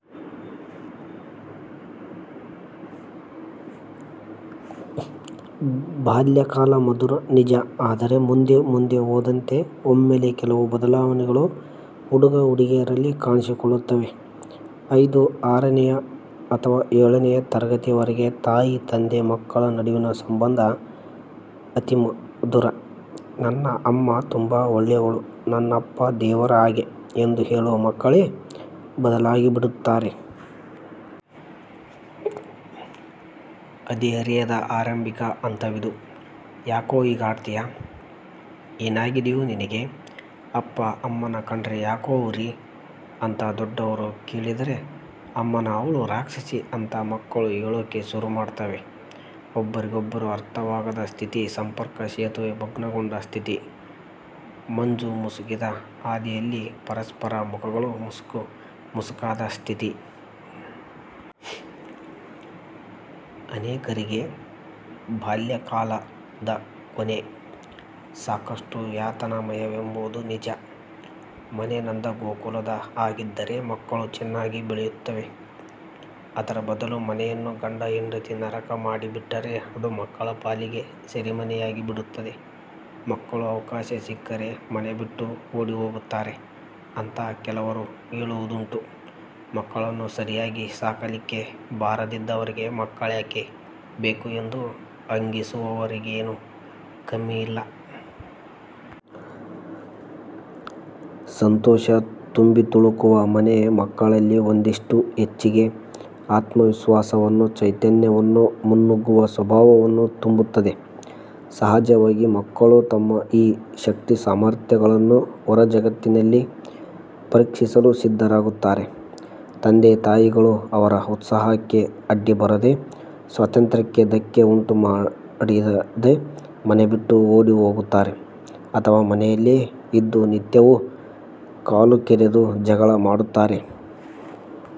ಬಾಲ್ಯಕಾಲ ಮಧುರ ನಿಜ, ಆದರೆ ಮುಂದೆ ಮುಂದೆ ಹೋದಂತೆ ಒಮ್ಮೆಲೆ ಕೆಲವು ಬದಲಾವಣೆಗಳು ಹುಡುಗ-ಹುಡುಗಿಯರಲ್ಲಿ ಕಾಣಿಸಿಕೊಳ್ಳುತ್ತವೆ. ಐದು ಆರನೆಯ ಅಥವಾ ಏಳನೆಯ ತರಗತಿವರೆಗೆ ತಾಯಿ-ತಂದೆ ಮಕ್ಕಳ ನಡುವಿನ ಸಂಬಂಧ ಅತಿಮಧುರ. "ನನ್ನ ಅಮ್ಮ ತುಂಬ ಒಳ್ಳೆಯವಳು", "ನನ್ನಪ್ಪ ದೇವರ ಹಾಗೆ" ಎಂದು ಹೇಳುವ ಮಕ್ಕಳೇ ಬದಲಾಗಿಬಿಡುತ್ತಾರೆ. ಹದಿಹರೆಯದ ಆರಂಭಿಕ ಹಂತವಿದು. "ಯಾಕೋ ಹೀಗಾಡ್ತೀಯಾ? ಏನಾಗಿದ್ದಯೋ ನಿನಗೆ! ಅಪ್ಪ ಅಮ್ಮನ್ನ ಕಂಡ್ರೆ ಯಾಕೋ ಉರಿ?" ಅಂತ ದೊಡ್ಡವರು ಕೇಳಿದರೆ "ಅಮ್ಮನಾ ಅವ್ಳು ರಾಕ್ಷಸಿ" ಅಂತ ಮಕ್ಕಳು ಹೇಳೋಕೆ ಶುರುಮಾಡ್ತವೆ. ಒಬ್ಬರಿಗೊಬ್ಬರು ಅರ್ಥವಾಗದ ಸ್ಥಿತಿ. ಸಂಪರ್ಕಸೇತುವೆ ಭಗ್ನಗೊಂಡ ಸ್ಥಿತಿ. ಮಂಜು ಮುಸುಕಿದ ಹಾದಿಯಲ್ಲಿ ಪರಸ್ಪರ ಮುಖಗಳು ಮಸುಕು ಮಸುಕಾದ ಸ್ಥಿತಿ. ಅನೇಕರಿಗೆ ಬಾಲ್ಯಕಾಳದ ಕೊನೆ. ಸಾಕಷ್ಟು ಯಾತನಾಮಯವೆಂಬು ನಿಜ. ಮನೆ ನಂದಗೋಕುಲದ ಹಾಗಿದ್ದರೆ ಮಕ್ಕಳು ಚೆನ್ನಾಗಿ ಬೆಳೆಯುತ್ತವೆ. ಅದರ ಬದಲು ಮನೆಯನ್ನು ಗಂಡ-ಹೆಂಡತಿ ನರಕ ಮಾಡಿಬಿಟ್ಟರೆ ಅದು ಮಕ್ಕಳ ಪಾಲಿಗೆ ಸೆರಮನೆಯಾಗಿ ಬಿಡುತ್ತದೆ. ಮಕ್ಕಳು ಅವಕಾಶ ಸಿಕ್ಕರೆ ಮನೆಬಿಟ್ಟು ಓಡಿಹೋಗುತ್ತಾರೆ ಅಂತ ಕೆಲವರು ಹೇಳುವುದುಂಟು. "ಮಕ್ಕಳನ್ನು ಸರಿಯಾಗಿ ಸಾಕಲಿಕ್ಕೆ ಬಾರದಿದ್ದವರಿಗೆ ಮಕ್ಕಳ್ಯಾಕೆ ಬೇಕು" ಎಂದು ಹಂಗಿಸುವವರಿಗೇನೂ ಕಮ್ಮಿಯಿಲ್ಲ. ಸಂತೋಷ ತುಂಬಿತುಳುಕುವ ಮನೆ ಮಕ್ಕಳಲ್ಲಿ ಒಂದಿಷ್ಟು ಹೆಚ್ಚಿಗೆ ಆತ್ಮವಿಶ್ವಾಸವನ್ನು, ಚೈತನ್ಯವನ್ನು, ಮುನ್ನುಗ್ಗುವ ಸ್ವಭಾವವನ್ನು ತುಂಬುತ್ತದೆ. ಸಹಜವಾಗಿ ಮಕ್ಕಳು ತಮ್ಮ ಈ ಶಕ್ತಿಸಾಮರ್ಥ್ಯಗಳನ್ನು ಹೊರಜಗತ್ತಿನಲ್ಲಿ ಪರೀಕ್ಷಿಸಲು ಸಿದ್ಧರಾಗುತ್ತಾರೆ. ತಂದೆತಾಯಿಗಳು ಅವರ ಉತ್ಸಾಹಕ್ಕೆ ಅಡ್ಡಿಬಂದರೆ, ಸ್ವಾತಂತ್ಯ್ರಕ್ಕೆ ಧಕ್ಕೆ ಉಂಟುಮಾಡಿದರೆ ಮನೆಬಿಟ್ಟು ಓಡಿಹೋಗುತ್ತಾರೆ ಅಥವಾ ಮನೆಯಲ್ಲೇ ಇದ್ದು ನಿತ್ಯವೂ ಕಾಲುಕೆರೆದು ಜಗಳ ಮಾಡುತ್ತಾರೆ.